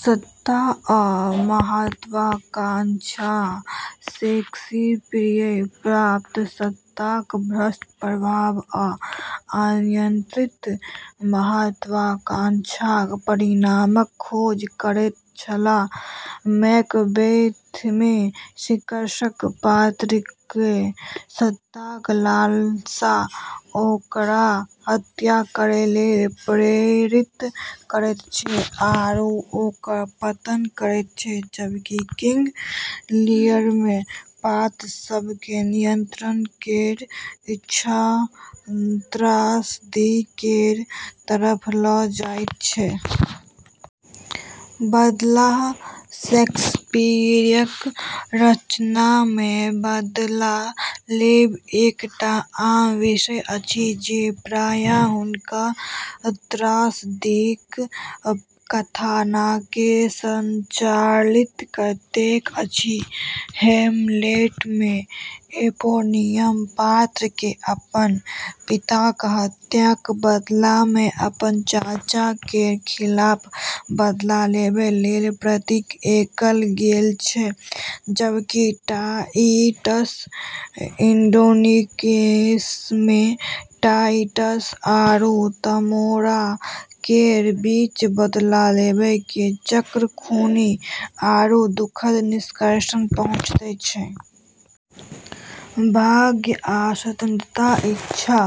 सत्ता आ महत्वाकांक्षा: शेक्सपियर प्रायः सत्ताक भ्रष्ट प्रभाव आ अनियंत्रित महत्वाकांक्षाक परिणामक खोज करैत छलाह। मैकबेथमे शीर्षक पात्रकेँ सत्ताक लालसा ओकरा हत्या करै लेल प्रेरित करैत छै आरू ओकर पतन करैत छै, जबकि किंग लीयरमे पात्र सभ केर नियंत्रण केर इच्छा त्रासदी केर तरफ लऽ जाइत छै। बदला: शेक्सपियरक रचनामे बदला लेब एकटा आम विषय अछि, जे प्रायः हुनक त्रासदीक कथानककेँ संचालित करैत अछि। हैमलेटमे एपोनिमस पात्रकेँ अपन पिताक हत्याक बदलामे अपन चाचा केर खिलाफ बदला लेबै लेल प्रेरित कएल गेल छै, जबकि टाइटस एंड्रोनिकसमे टाइटस आरू तमोरा केर बीच बदला लेबै केर चक्र खूनी आरू दुखद निष्कर्षपर पहुँचैत छै। भाग्य आ स्वतन्त्र इच्छा: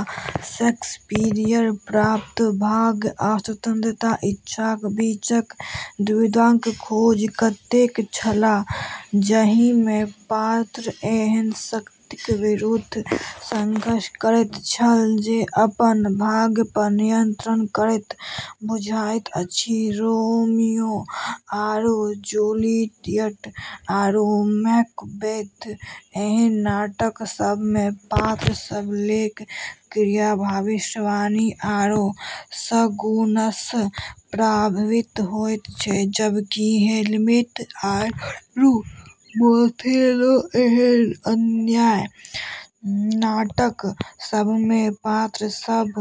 शेक्सपियर प्रायः भाग्य आ स्वतन्त्र इच्छाक बीचक द्वंद्वक खोज करैत छलाह, जाहिमे पात्र एहन शक्तिक विरुद्ध संघर्ष करैत छल जे अपन भाग्यपर नियंत्रण करैत बुझाइत अछि। रोमियो आरू जूलियट आरू मैकबेथ एहन नाटक सभमे पात्र सभ केर क्रिया भविष्यवाणी आरू शगुनसँ प्रभावित होइत छै, जबकि हैमलेट आरू ओथेलो एहन अन्य नाटक सभमे पात्र सभ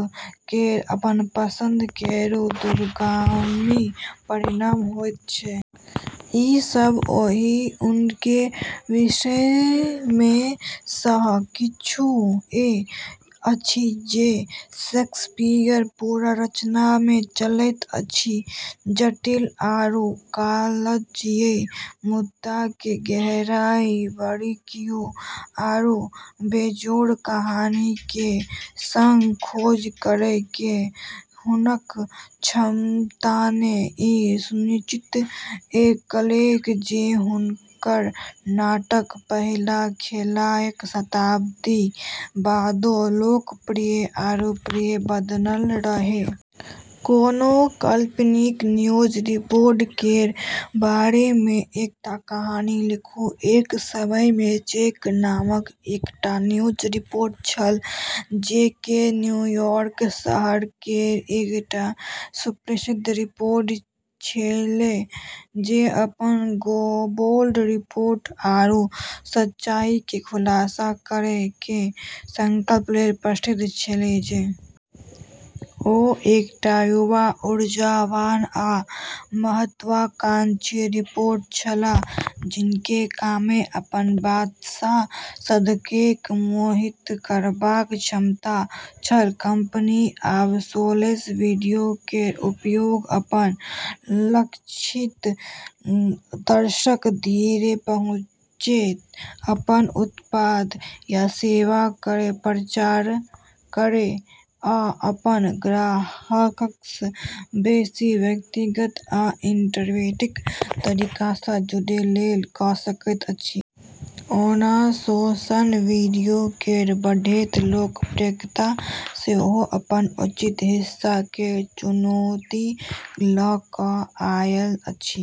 केर अपन पसंद केर दूरगामी परिणाम होइत छै। ई सब ओहि अनेक विषयमेसँ किछुए अछि जे शेक्सपियरक पूरा रचनामे चलैत अछि। जटिल आरू कालजयी मुद्दाकेँ गहराई, बारीकियों, आरू बेजोड़ कहानी केर संग खोज करै केर हुनक क्षमताने ई सुनिश्चित कएलकै जे हुनक नाटक पहिल लिखलाक शताब्दी बादो लोकप्रिय आरू प्रिय बनल रहै। कोनो काल्पनिक न्यूज रिपोर्टर केर बारेमे एकटा कहानी लिखू। एक समयमे जैक नामक एकटा न्यूज रिपोर्टर छल। जैक न्यूयॉर्क शहर केर एकटा सुप्रसिद्ध रिपोर्टर छेलै, जे अपन बोल्ड रिपोर्टिंग आरू सच्चाईकेँ खुलासा करै केर संकल्प लेल प्रसिद्ध छेलै। ओ एकटा युवा, ऊर्जावान, आ महत्वाकांक्षी रिपोर्टर छलाह जिनकामे अपन बातसँ दर्शककेँ मोहित करबाक क्षमता छल। कंपनी आब सोशल मीडिया केर उपयोग अपन लक्षित दर्शक धरि पहुँचै, अपन उत्पाद या सेवा केर प्रचार करै, आ अपन ग्राहकसँ बेसी व्यक्तिगत आ इंटरैक्टिव तरीकासँ जुड़ै लेल कऽ सकैत अछि। ओना सोशल मीडिया केर बढ़ैत लोकप्रियता सेहो अपन उचित हिस्सा केर चुनौती लऽ कऽ आयल अछि।